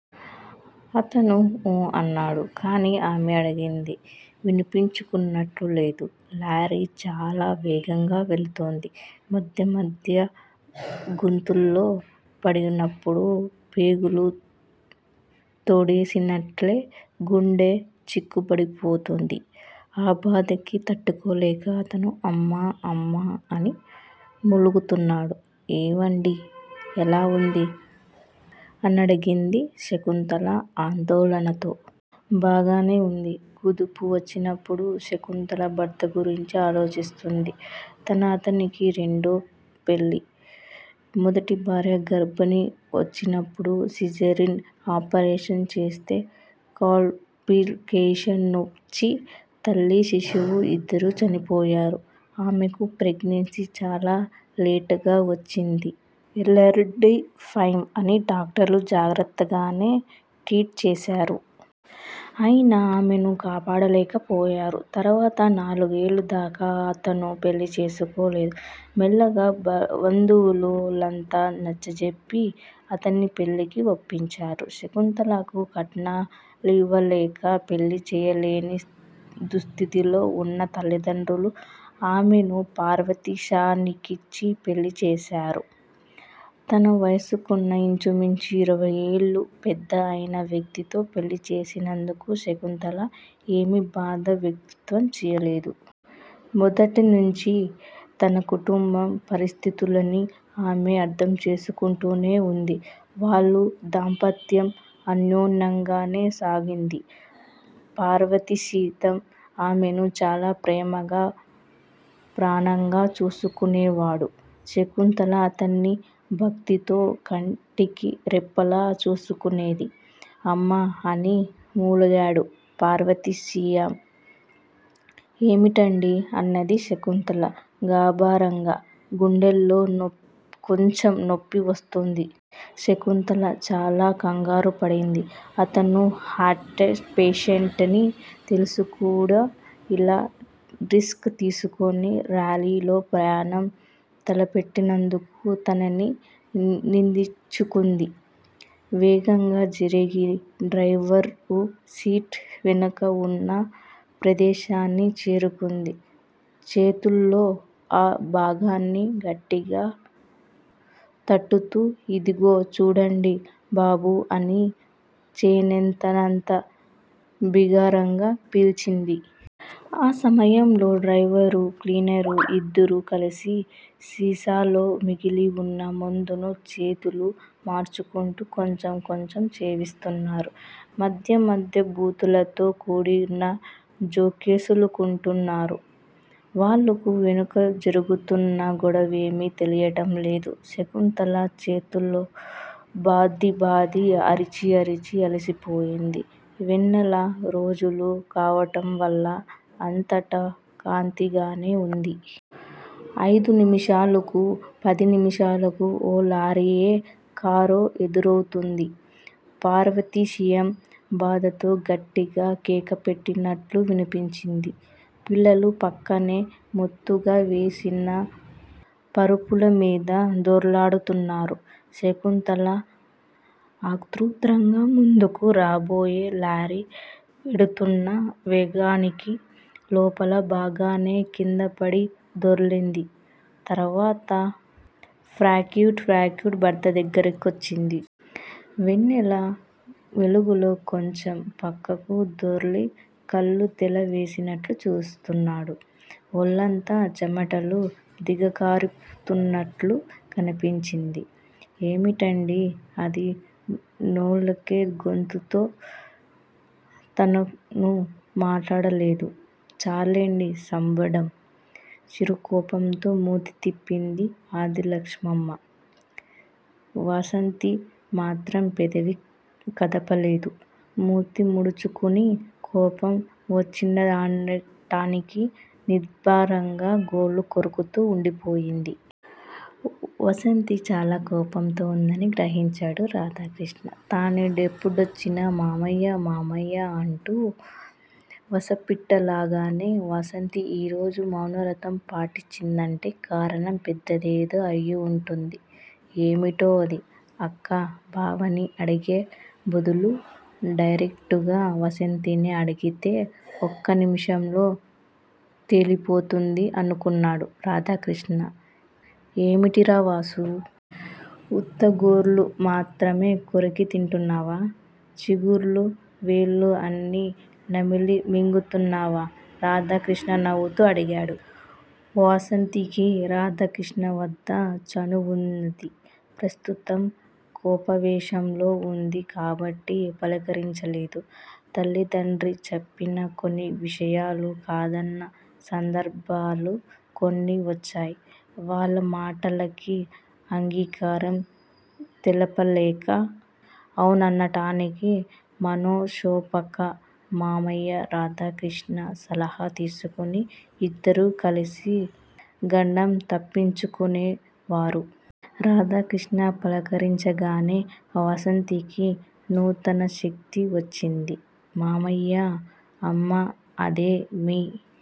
అతను ఊ అన్నాడు గానీ ఆమె అడిగింది వినిపించుకున్నట్లు లేదు. లారీ చాలా వేగంగా వెళ్తోంది. మధ్య మధ్య గోతుల్లో పడినప్పుడు ప్రేగులు తోడేసినట్లై గుండె చిక్కబట్టిపోతోంది. ఆ బాధకి తట్టుకోలేక అతను అమ్మా! అమ్మా! అని మూలుగుతున్నాడు. ఏవండీ! ఎలా వుంది? అనడిగింది శకుంతల ఆందోళనతో. బాగానే ఉంది. కుదుపు వచ్చినప్పుడు శకుంతల భర్త గురించి ఆలోచిస్తోంది. తను అతనికి రెండో పెళ్ళి. మొదటి భార్య గర్భణి వచ్చినప్పుడు సిజేరియన్ ఆపరేషన్ చేస్తే కాంప్లికేషనొచ్చి తల్లి శిశువూ యిద్దరూ చనిపోయారు. ఆమెకు ప్రెగ్నెన్సీ చాలా లేటుగా వచ్చింది. ఎల్డర్లీ ఫ్రైమి అని డాక్టర్లు జాగ్రత్తగానే ట్రీట్ చేశారు. అయినా ఆమెను కాపాడలేకపోయారు. తర్వాత నాలుగయిదేళ్ళదాకా అతను పెళ్ళి చేసుకోలేదు. మెల్లగా బంధువులంతా నచ్చజెప్పి అతన్ని పెళ్ళికి ఒప్పించారు. శకుంతలకు కట్నాలివలేక పెళ్ళి చెయ్యలేని దుస్థితిలో వున్న తలిదండ్రులు ఆమెను పార్వతీశానికిచ్చి పెళ్ళి చేశారు. తన వయసుకన్న యించుమించు ఇరవైఏళ్లు పెద్ద అయిన వ్యక్తితో పెళ్ళి చేసినందుకు శకుంతల ఏమి బాధ వ్యక్తం చేయ్యలేదు. మొదట్నుచీ తన కుటుంబ పరిస్థితుల్ని ఆమె అర్థం చేసుకుంటూనే వుంది. వాళ్ళ దాంపత్యం అన్యోన్యంగానే సాగింది. పార్వతీశం ఆమెను చాలా ప్రేమగా ప్రాణంగా చూసుకునేవాడు. శకుంతల అతన్ని భక్తితో కంటికి రెప్పలా చూసుకొనేది. అమ్మా! అని మూలిగాడు పార్వతీశం. ఏమిటండీ? అన్నది శకుంతల గాభరాగా. గుండెల్లో కొంచెం నొప్పి వస్తోంది. శకుంతల చాలా కంగారుపడింది. అతను హార్డ్ పేషెంటని తెలిసికూడా ఇలా రిస్క్ తీసుకుని లారీలో ప్రయాణం తలపెట్టినందుకు తనని నిందించుకుంది. వేగంగా జరిగి డ్రైవరు సీటు వెనక వున్న ప్రదేశాన్ని చేరుకుంది. చేతుల్తో ఆ భాగాన్ని గట్టిగా తట్టుతూ ఇదిగో చూడండి బాబూ అని చేతనైనంత బిగ్గరగా పిలిచింది. ఆ సమయంలో డ్రైవరు క్లీనరు యిద్దరూ కలిసి సీసాలో మిగిలివున్న మందును చేతులు మార్చుకుంటూ కొంచెం కొంచెం సేవిస్తున్నారు. మధ్య మధ్య బూతులతో కూడిన జోకులేసుకుంటున్నారు. వాళ్ళకు వెనక జరుగుతూన్న గొడవేమి తెలీటంలేదు. శకుంతల చేతుల్తో బాది బాది అరిచి అరిచి అలసిపోయింది. వెన్నెల రోజులు కావటంవల్ల అంతటా కాంతిగానే వుంది. అయిదు నిమిషాలకూ పది నిమిషాలకు ఓ లారీయో కారో ఎదురవుతోంది. పార్వతీశం బాధతో గట్టిగా కేకపెట్టినట్లు వినిపించింది. పిల్లలు ప్రక్కనే మెత్తగా వేసిన పరుపులమీద దొర్లుతున్నారు. శకుంతల ఆతృతగా ముందుకు రాబోయి లారీ వెడుతోన్న వేగానికి లోపల భాగానే క్రిందపడి దొర్లింది. తర్వాత పాక్కుంటూ పాక్కుంటూ భర్త దగ్గర కొచ్చింది. వెన్నెల వెలుగులో కొంచెం ప్రక్కకు దొర్లి కళ్ళు తేలవేసినట్లు చూస్తున్నాడు. వొళ్ళంతా చెమటలు దిగకారుతున్నట్లు కనిపించింది. ఏమిటండీ అంది వొణికే గొంతుతో. అతను మాట్లాడలేదు. చాల్లేండి సంబడం. చిరుకోపంతో మూతి తిప్పింది ఆదిలక్షమ్మ. వాసంతి మాత్రం పెదవి కదపలేదు. మూతి ముడుచుకుని కోపం వచ్చిందనటానికి నిదర్శనంగా గోళ్ళు కొరుకుతూ వుండిపోయింది. వాసంతి చాలా కోపంతో వుందని గ్రహించాడు రాధాకృష్ణ. తానెప్పుడొచ్చినా మామయ్యా! మామయ్యా! అంటూ వసపిట్టలావాగే వాసంతి ఈరోజు మౌనవ్రతం పట్టిందంటే కారణం పెద్దదే అయివుంటుంది. ఏమిటో అది? అక్కా బావని అడిగే బదులు డైరెక్టుగా వాసంతినే అడిగితే ఒక్క నిమిషంలో తేలిపోతుంది అనుకున్నాడు రాధాకృష్ణ. ఏంటిరావాసూ! ఉత్త గోళ్ళు మాత్రమే కొరికి తింటున్నావా? చిగుళ్ళు వేళ్ళు అన్నీ నమిలిమింగుతున్నావా? రాధాకృష్ణ నవ్వుతూ అడిగాడు. వాసంతికి రాధాకృష్ణవద్ద చనువుంది. ప్రస్తుతం కోపావేశంలో వుంది కాబట్టి పలకరించలేదు. తల్లి తండ్రి చెప్పిన కొన్ని విషయాలు కాదన్న సందర్భాలు కొన్ని వచ్చాయి. వాళ్ళ మాటలకి అంగీకారం తెలపలేక అవుననటానికి మనసొప్పక మామయ్య రాధాకృష్ణ సలహా తీసుకుని ఇద్దరూ కల్సి గండం తప్పించుకునేవారు. రాధాకృష్ణ పలకరించగానే వాసంతికి నూతన శక్తి వచ్చింది. మామయ్యా! అమ్మ అదే మీ